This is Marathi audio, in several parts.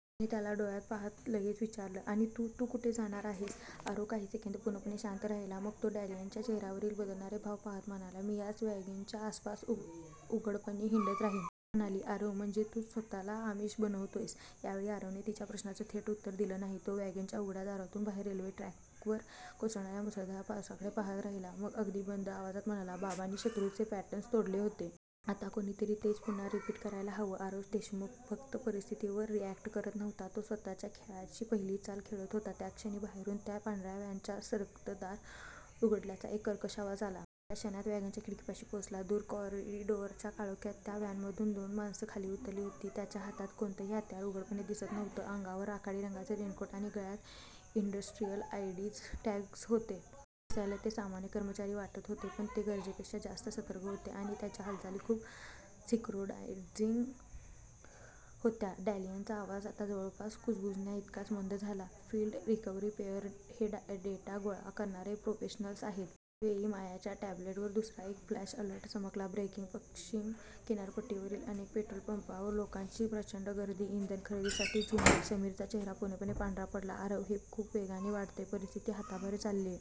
कबीरने त्याच्या डोळ्यात पाहत लगेच विचारलं, आणि तू? तू कुठे जाणार आहेस? आरव काही सेकंद पूर्णपणे शांत राहिला. मग तो डॅनियलच्या चेहऱ्यावरील बदलणारे भाव पाहत म्हणाला, "मी याच वॅगनच्या आसपास उघडपणे हिंडत राहीन." म्हणाली, "आरव, म्हणजे तू स्वतःला आमिष बनवतोयस? " यावेळी आरवने तिच्या प्रश्नाचं थेट उत्तर दिलं नाही. तो वॅगनच्या उघड्या दारातून बाहेर रेल्वे ट्रॅकवर कोसळणाऱ्या मुसळधार पावसाकडे पाहत राहिला. मग अगदी मंद आवाजात म्हणाला, "बाबांनी शत्रूचे पॅटर्न्स तोडले होते. आता कोणीतरी तेच पुन्हा रिपीट करायला हवं." आरव देशमुख फक्त परिस्थितीवर रिअॅक्ट करत नव्हता. तो स्वतः या खेळाची पहिली चाल खेळत होता. त्याच क्षणी बाहेरून त्या पांढऱ्या व्हॅनचं सरकतं दार उघडल्याचा एक कर्कश आवाज आला. क्षणात वॅगनच्या खिडकीपाशी पोहोचला. दूर कॉरिडॉरच्या काळोखात त्या व्हॅनमधून दोन माणसं खाली उतरली होती. त्यांच्या हातात कोणतंही हत्यार उघडपणे दिसत नव्हतं. अंगावर राखाडी रंगाचे रेनकोट आणि गळ्यात इंडस्ट्रियल आयडी टॅग्ज होते. दिसायला ते सामान्य कर्मचारी वाटत होते, पण ते गरजेपेक्षा जास्त सतर्क होते आणि त्यांच्या हालचाली खूप सिंक्रोनाइज्ड होत्या. डॅनियलचा आवाज आता जवळपास कुजबुजण्याइतकाच मंद झाला, "फील्ड रिकव्हरी पेअर हे डेटा गोळा करणारे प्रोफेशनल्स आहेत." तेही मायाच्या टॅब्लेटवर दुसरा एक फ्लॅश अलर्ट चमकला ब्रेकिंग पश्चिम किनारपट्टीवरील अनेक पेट्रोल पंपांवर लोकांची प्रचंड गर्दी. इंधन खरेदीसाठी झुंबड. समीरचा चेहरा पूर्णपणे पांढरा पडला, "आरव, हे खूप वेगाने वाढतंय. परिस्थिती हाताबाहेर चाललीये."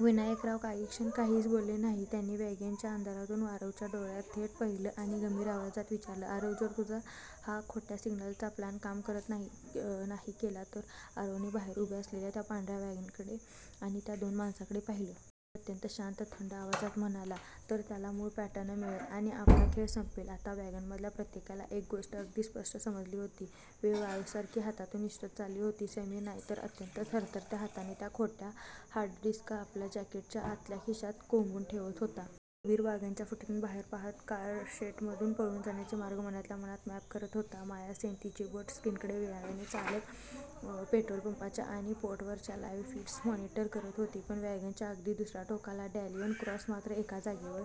विनायकराव काही क्षण काहीच बोलले नाहीत. त्यांनी वॅगनच्या अंधारातून आरवच्या डोळ्यात थेट पाहिलं आणि गंभीर आवाजात विचारलं, "आरव, जर तुझा हा खोट्या सिग्नल्सचा प्लॅन काम नाही केला तर?" आरवने बाहेर उभ्या असलेल्या त्या पांढऱ्या व्हॅनकडे आणि त्या दोन माणसांकडे पाहिलं. मग अत्यंत शांत, थंड आवाजात म्हणाला, "तर त्यांना मूळ पॅटर्न मिळेल आणि आपला खेळ संपेल." आता वॅगनमधल्या प्रत्येकाला एक गोष्ट अगदी स्पष्ट समजली होती, वेळ वाळूसारखी हातातून निसटत चालली होती. समीर नायर अत्यंत थरथरत्या हाताने त्या खोट्या हार्डडिस्क आपल्या जॅकेटच्या आतल्या खिशात कोंबून ठेवत होता. कबीर वॅगनच्या फटीतून बाहेर पाहत कारशेडमधून पळून जाण्याचे मार्ग मनातल्या मनात मॅप करत होता. माया सेन तिची बोटं स्क्रीनवर वेगाने चालवत पेट्रोल पंपावरच्या आणि पोर्टवरच्या लाईव्ह फीड्स मॉनिटर करत होती. पण वॅगनच्या अगदी दुसऱ्या टोकाला डॅनियल क्रॉस मात्र एका जागेवर